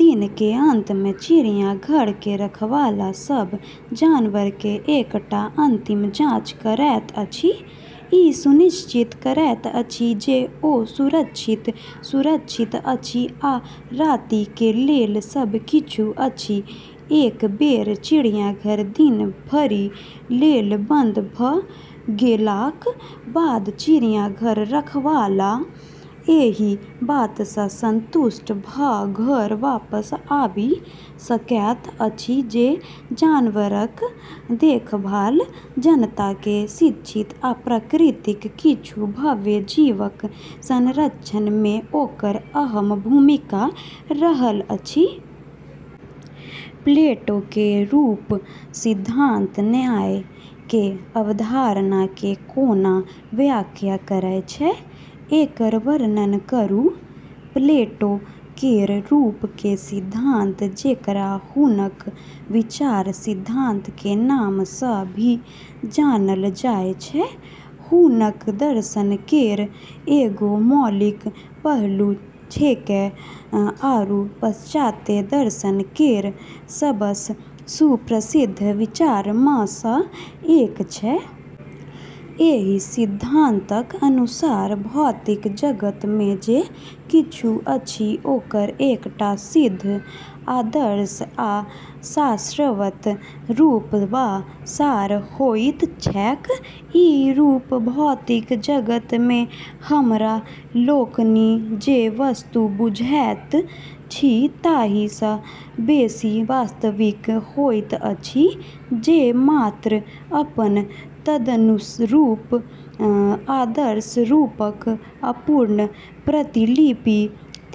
दिन के अंत में चिड़ियाघर के रखवाला सब जानवर के एकटा अंतिम जांच करैत अछि, ई सुनिश्चित करैत अछि जे ओ सुरक्षित, सुरक्षित अछि आ राति के लेल सब किछु अछि. एक बेर चिड़ियाघर दिन भरि लेल बंद भ गेलाक बाद चिड़ियाघरक रखवाला एहि बात सं संतुष्ट भ घर वापस आबि सकैत अछि जे जानवरक देखभाल, जनता कें शिक्षित आ प्रकृतिक किछु भव्य जीवक संरक्षण में ओकर अहम भूमिका रहल अछि. प्लेटो के रूप सिद्धांत न्याय के अवधारणा के कोना व्याख्या करै छै, एकर वर्णन करू। प्लेटो केरऽ रूपऽ के सिद्धांत, जेकरा हुनकऽ विचार सिद्धांत के नाम स॑ भी जानलऽ जाय छै, हुनकऽ दर्शन केरऽ एगो मौलिक पहलू छेकै आरू पाश्चात्य दर्शन केरऽ सबस॑ सुप्रसिद्ध विचारऽ म॑ स॑ एक छै। एहि सिद्धांतक अनुसार भौतिक जगत मे जे किछु अछि ओकर एकटा सिद्ध, आदर्श आ शाश्वत रूप वा सार होइत छैक ई रूप भौतिक जगत मे हमरा लोकनि जे वस्तु बूझैत छी ताहि सँ बेसी वास्तविक होइत अछि, जे मात्र अपन तदनुरूप आदर्श रूपक अपूर्ण प्रतिलिपि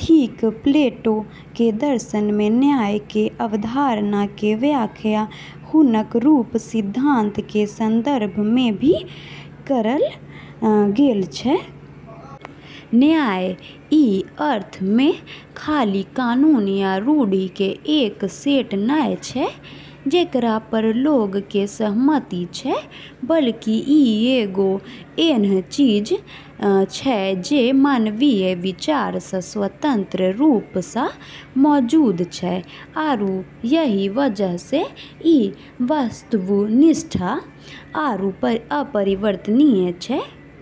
थिक प्लेटो के दर्शन में न्याय के अवधारणा के व्याख्या हुनकऽ रूप सिद्धांत के संदर्भ में भी करलऽ गेलऽ छै। न्याय, ई अर्थ में, खाली कानून या रूढ़ि के एक सेट नै छै जेकरा पर लोगऽ के सहमति छै, बल्कि ई एगो ऐन्हऽ चीज छै जे मानवीय विचार स॑ स्वतंत्र रूप स॑ मौजूद छै, आरू यही वजह स॑ ई वस्तुनिष्ठ आरू अपरिवर्तनीय छै।